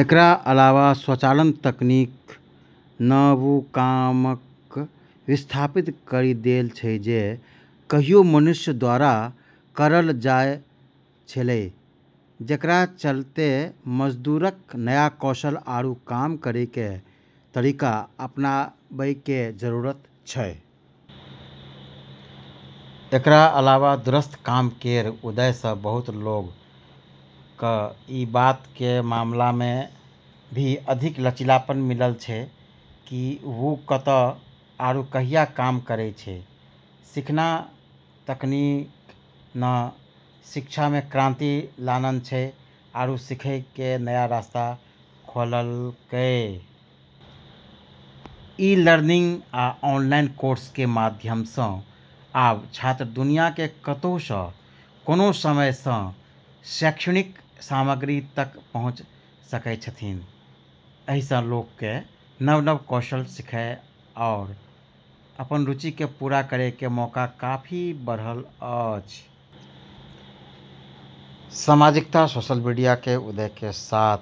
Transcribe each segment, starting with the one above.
एकरा अलावा स्वचालन तकनीक न वू काम क विस्थापित करी देल छै जे कहियो मनुष्य द्वारा करल जाय छेलै, जेकरा चलतें मजदूर क नया कौशल आरू काम करै के तरीका अपनाबै के जरूरत छै। एकरा अलावा दूरस्थ काम केर उदय स बहुत लोग क ई बात के मामला मे भी अधिक लचीलापन मिलल छै कि वू कत आरू कहिया काम करै छै। सीखना: तकनीक न शिक्षा मे क्रांति लानल छै आरू सीखै के नया रास्ता खोललकै। ई-लर्निंग आ ऑनलाइन कोर्स के माध्यम सं आब छात्र दुनिया के कतहु सं, कोनो समय सं शैक्षणिक सामग्री तक पहुंच सकय छथिन्ह। एहि सं लोक के नव-नव कौशल सीखय आओर अपन रुचि के पूरा करय के मौका काफी बढ़ल अछि। सामाजिकता: सोशल मीडिया के उदय के साथ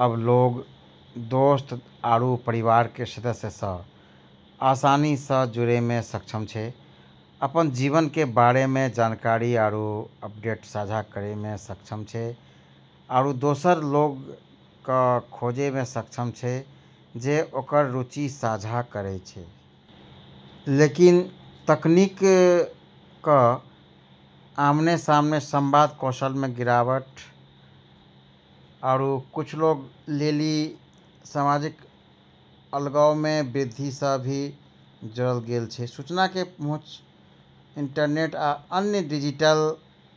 अब लोग दोस्त आरू परिवार के सदस्य स आसानी स जुड़ै मे सक्षम छै, अपन जीवन के बारे मे जानकारी आरू अपडेट साझा करै मे सक्षम छै, आरू दोसर लोग क खोजै मे सक्षम छै जे ओकर रुचि साझा करै छै। लेकिन तकनीक क आमने-सामने संवाद कौशल मे गिरावट आरू कुछ लोग लेली सामाजिक अलगाव मे वृद्धि स भी जोड़ल गेल छै। सूचना के पहुंच: इंटरनेट आ अन्य डिजिटल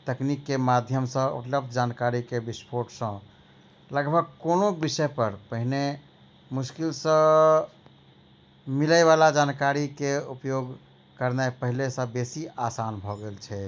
तकनीक के माध्यम सं उपलब्ध जानकारी के विस्फोट सं लगभग कोनों विषय पर पहिने मुश्किल सं मिलय वाला जानकारी के उपयोग करनाय पहिले सं बेसि आसान भ गेल छै।